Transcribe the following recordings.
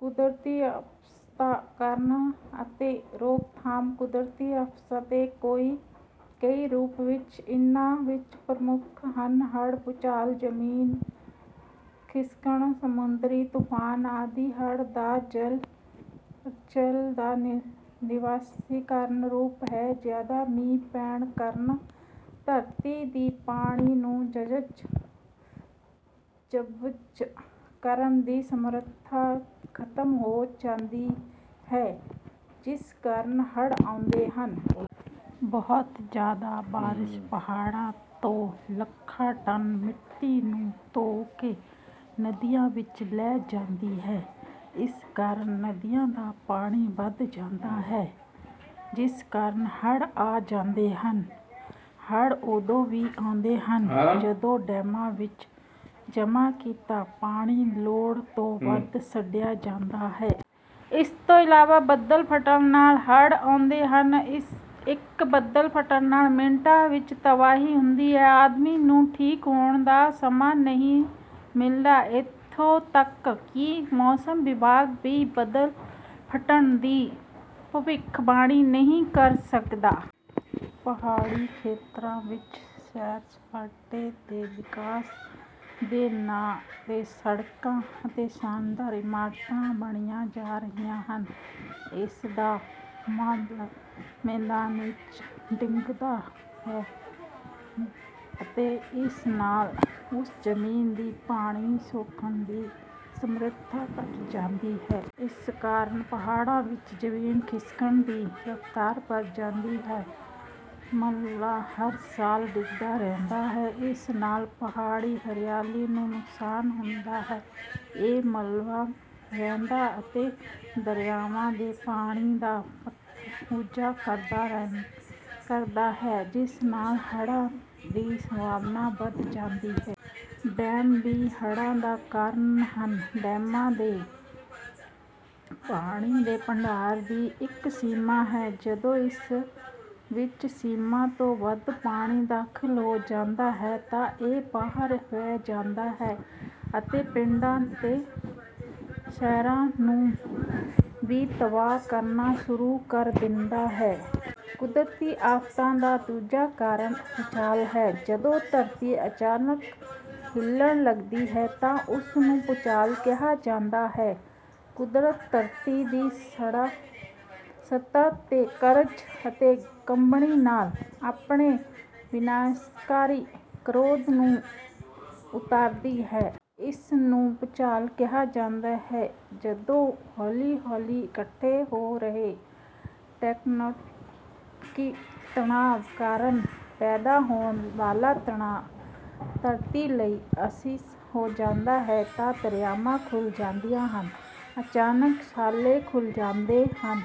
ਕੁਦਰਤੀ ਆਫ਼ਤਾਂ-ਕਾਰਨ ਅਤੇ ਰੋਕਥਾਮ ਕੁਦਰਤੀ ਆਫ਼ਤਾਂ ਦੇ ਕਈ ਰੂਪ ਹਨ। ਇਨ੍ਹਾਂ ਵਿੱਚੋਂ ਪ੍ਰਮੁੱਖ ਹਨ ਹੜ੍ਹ, ਭੂਚਾਲ, ਜ਼ਮੀਨ ਖਿਸਕਣ, ਸਮੁੰਦਰੀ ਤੂਫ਼ਾਨ ਆਦਿ। ਹੜ੍ਹ ਦਾ ਜਲ ਪ੍ਰਲਯ ਦਾ ਵਿਨਾਸ਼ਕਾਰੀ ਰੂਪ ਹੈ। ਜ਼ਿਆਦਾ ਮੀਂਹ ਪੈਣ ਕਾਰਨ ਧਰਤੀ ਦੀ ਪਾਣੀ ਨੂੰ ਜਜ਼ਬ ਕਰਨ ਦੀ ਸਮਰੱਥਾ ਖਤਮ ਹੋ ਜਾਂਦੀ ਹੈ, ਜਿਸ ਕਾਰਨ ਹੜ੍ਹ ਆਉਂਦੇ ਹਨ। ਬਹੁਤ ਜ਼ਿਆਦਾ ਬਾਰਸ਼ ਪਹਾੜਾਂ ਤੋਂ ਲੱਖਾਂ ਟਨ ਮਿੱਟੀ ਨੂੰ ਧੋ ਕੇ ਨਦੀਆਂ ਵਿੱਚ ਲੈ ਜਾਂਦੀ ਹੈ। ਇਸ ਕਾਰਨ ਨਦੀਆਂ ਦਾ ਪਾਣੀ ਵੱਧ ਜਾਂਦਾ ਹੈ ਜਿਸ ਕਾਰਨ ਹੜ੍ਹ ਆ ਜਾਂਦੇ ਹਨ। ਹੜ੍ਹ ਉਦੋਂ ਵੀ ਆਉਂਦੇ ਹਨ ਜਦੋਂ ਡੈਮਾਂ ਵਿੱਚ ਜਮਾਂ ਕੀਤਾ ਪਾਣੀ ਲੋੜ ਤੋਂ ਵੱਧ ਛੱਡਿਆ ਜਾਂਦਾ ਹੈ। ਇਸ ਤੋਂ ਇਲਾਵਾ ਬੱਦਲ ਫੱਟਣ ਨਾਲ ਵੀ ਹੜ੍ਹ ਆਉਂਦੇ ਹਨ। ਇੱਕ ਬੱਦਲ ਫਟਣ ਨਾਲ ਮਿੰਟਾਂ ਵਿੱਚ ਤਬਾਹੀ ਹੁੰਦੀ ਹੈ। ਆਦਮੀ ਨੂੰ ਠੀਕ ਹੋਣ ਦਾ ਸਮਾਂ ਵੀ ਨਹੀਂ ਮਿਲਦਾ। ਇੱਥੋਂ ਤੱਕ ਕਿ ਮੌਸਮ ਵਿਭਾਗ ਵੀ ਬੱਦਲ ਫਟਣ ਦੀ ਭਵਿੱਖਬਾਣੀ ਨਹੀਂ ਕਰ ਸਕਦਾ। ਪਹਾੜੀ ਖੇਤਰਾਂ ਵਿੱਚ ਸੈਰ-ਸਪਾਟੇ ਦੇ ਵਿਕਾਸ ਦੇ ਨਾਂ 'ਤੇ ਸੜਕਾਂ ਅਤੇ ਸ਼ਾਨਦਾਰ ਇਮਾਰਤਾਂ ਬਣਾਈਆਂ ਜਾ ਰਹੀਆਂ ਹਨ। ਇਸ ਦਾ ਮਲਬਾ ਮੈਦਾਨ ਵਿੱਚ ਡਿੱਗਦਾ ਹੈ ਅਤੇ ਇਸ ਨਾਲ ਉਸ ਜ਼ਮੀਨ ਦੀ ਪਾਣੀ ਸੋਖਣ ਦੀ ਸਮਰੱਥਾ ਘਟ ਜਾਂਦੀ ਹੈ। ਇਸ ਕਾਰਨ ਪਹਾੜਾਂ ਵਿੱਚ ਜ਼ਮੀਨ ਖਿਸਕਣ ਦੀ ਰਫ਼ਤਾਰ ਵੱਧ ਜਾਂਦੀ ਹੈ। ਮਲਬਾ ਹਰ ਸਾਲ ਡਿੱਗਦਾ ਰਹਿੰਦਾ ਹੈ। ਇਸ ਨਾਲ ਪਹਾੜੀ ਹਰਿਆਲੀ ਨੂੰ ਨੁਕਸਾਨ ਹੁੰਦਾ ਹੈ। ਇਹ ਮਲਬਾ ਵਹਿੰਦਾ ਹੈ ਅਤੇ ਦਰਿਆਵਾਂ ਦੇ ਪਾਣੀ ਦਾ ਪੱਧਰ ਉੱਚਾ ਕਰਦਾ ਹੈ, ਜਿਸ ਨਾਲ ਹੜ੍ਹਾਂ ਦੀ ਸੰਭਾਵਨਾ ਵਧ ਜਾਂਦੀ ਹੈ। ਡੈਮ ਵੀ ਹੜ੍ਹਾਂ ਦਾ ਕਾਰਨ ਹਨ। ਡੈਮਾਂ ਦੇ ਪਾਣੀ ਦੇ ਭੰਡਾਰ ਦੀ ਇੱਕ ਸੀਮਾ ਹੈ। ਜਦੋਂ ਇਸ ਵਿੱਚ ਸੀਮਾ ਤੋਂ ਵੱਧ ਪਾਣੀ ਦਾਖਲ ਹੋ ਜਾਂਦਾ ਹੈ, ਤਾਂ ਇਹ ਬਾਹਰ ਵਹਿ ਜਾਂਦਾ ਹੈ ਅਤੇ ਪਿੰਡਾਂ ਅਤੇ ਸ਼ਹਿਰਾਂ ਨੂੰ ਵੀ ਤਬਾਹ ਕਰਨਾ ਸ਼ੁਰੂ ਕਰ ਦਿੰਦਾ ਹੈ। ਕੁਦਰਤੀ ਆਫ਼ਤ ਦਾ ਦੂਜਾ ਕਾਰਨ ਭੂਚਾਲ ਹੈ। ਜਦੋਂ ਧਰਤੀ ਅਚਾਨਕ ਹਿੱਲਣ ਲੱਗਦੀ ਹੈ ਤਾਂ ਉਸ ਨੂੰ ਭੂਚਾਲ ਕਿਹਾ ਜਾਂਦਾ ਹੈ। ਕੁਦਰਤ ਧਰਤੀ ਦੀ ਸਤ੍ਹਾ ਦੀ ਗਰਜ ਅਤੇ ਕੰਬਣੀ ਨਾਲ ਆਪਣੇ ਵਿਨਾਸ਼ਕਾਰੀ ਕ੍ਰੋਧ ਨੂੰ ਉਤਾਰਦੀ ਹੈ। ਇਸ ਨੂੰ ਭੂਚਾਲ ਕਿਹਾ ਜਾਂਦਾ ਹੈ। ਜਦੋਂ ਹੌਲੀ-ਹੌਲੀ ਇਕੱਠੇ ਹੋ ਰਹੇ ਟੈਕਟੋਨਿਕ ਤਣਾਅ ਕਾਰਨ ਪੈਦਾ ਹੋਣ ਵਾਲਾ ਤਣਾਅ ਧਰਤੀ ਲਈ ਅਸਹਿ ਹੋ ਜਾਂਦਾ ਹੈ, ਤਾਂ ਦਰਾਰਾਂ ਖੁੱਲ੍ਹ ਜਾਂਦੀਆਂ ਹਨ। ਅਚਾਨਕ ਛਾਲੇ ਖੁੱਲ੍ਹ ਜਾਂਦੇ ਹਨ।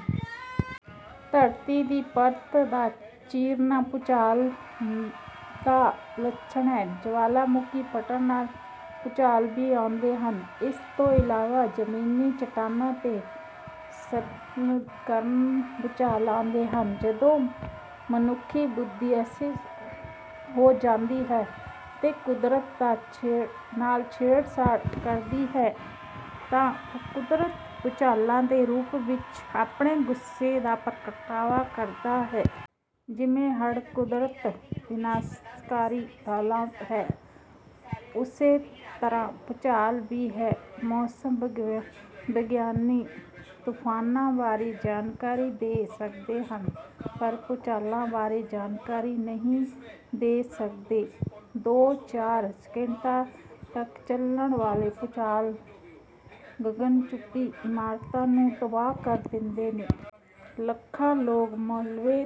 ਧਰਤੀ ਦੀ ਪਰਤ ਦਾ ਚੀਰਨਾ ਭੂਚਾਲ ਦਾ ਲੱਛਣ ਹੈ। ਜਵਾਲਾਮੁਖੀ ਫਟਣ ਨਾਲ ਭੂਚਾਲ ਵੀ ਆਉਂਦੇ ਹਨ। ਇਸ ਤੋਂ ਇਲਾਵਾ ਜ਼ਮੀਨੀ ਚੱਟਾਨਾਂ ਦੇ ਅਸੰਤੁਲਨ ਕਾਰਨ ਭੂਚਾਲ ਆਉਂਦੇ ਹਨ। ਜਦੋਂ ਮਨੁੱਖੀ ਬੁੱਧੀ ਅਸਹਿ ਹੋ ਜਾਂਦੀ ਹੈ ਅਤੇ ਕੁਦਰਤ ਨਾਲ ਛੇੜਛਾੜ ਕਰਦੀ ਹੈ ਤਾਂ ਕੁਦਰਤ ਭੁਚਾਲਾਂ ਦੇ ਰੂਪ ਵਿੱਚ ਆਪਣੇ ਗੁੱਸੇ ਦਾ ਪ੍ਰਗਟਾਵਾ ਕਰਦੀ ਹੈ। ਜਿਵੇਂ ਹੜ੍ਹ ਕੁਦਰਤ ਦਾ ਵਿਨਾਸ਼ਕਾਰੀ ਤਾਲਾ ਹੈ, ਉਸੇ ਤਰ੍ਹਾਂ ਭੂਚਾਲ ਵੀ ਹੈ। ਮੌਸਮ ਵਿਗਿਆਨੀ ਤੂਫਾਨਾਂ ਬਾਰੇ ਜਾਣਕਾਰੀ ਦੇ ਸਕਦੇ ਹਨ ਪਰ ਭੂਚਾਲਾਂ ਬਾਰੇ ਜਾਣਕਾਰੀ ਨਹੀਂ ਦੇ ਸਕਦੇ। ਦੋ-ਚਾਰ ਸਕਿੰਟਾਂ ਤੱਕ ਚੱਲਣ ਵਾਲੇ ਭੁਚਾਲ ਗਗਨਚੁੰਬੀ ਇਮਾਰਤਾਂ ਨੂੰ ਤਬਾਹ ਕਰ ਦਿੰਦੇ ਹਨ। ਲੱਖਾਂ ਲੋਕ ਮਲਬੇ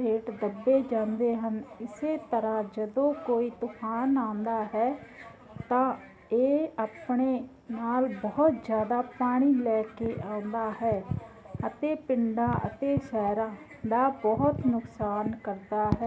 ਹੇਠ ਦੱਬੇ ਜਾਂਦੇ ਹਨ। ਇਸੇ ਤਰ੍ਹਾਂ ਜਦੋਂ ਕੋਈ ਤੂਫਾਨ ਆਉਂਦਾ ਹੈ ਤਾਂ ਇਹ ਆਪਣੇ ਨਾਲ ਬਹੁਤ ਜ਼ਿਆਦਾ ਪਾਣੀ ਲੈ ਕੇ ਆਉਂਦਾ ਹੈ ਅਤੇ ਪਿੰਡਾਂ ਅਤੇ ਸ਼ਹਿਰਾਂ ਦਾ ਬਹੁਤ ਨੁਕਸਾਨ ਕਰਦਾ ਹੈ।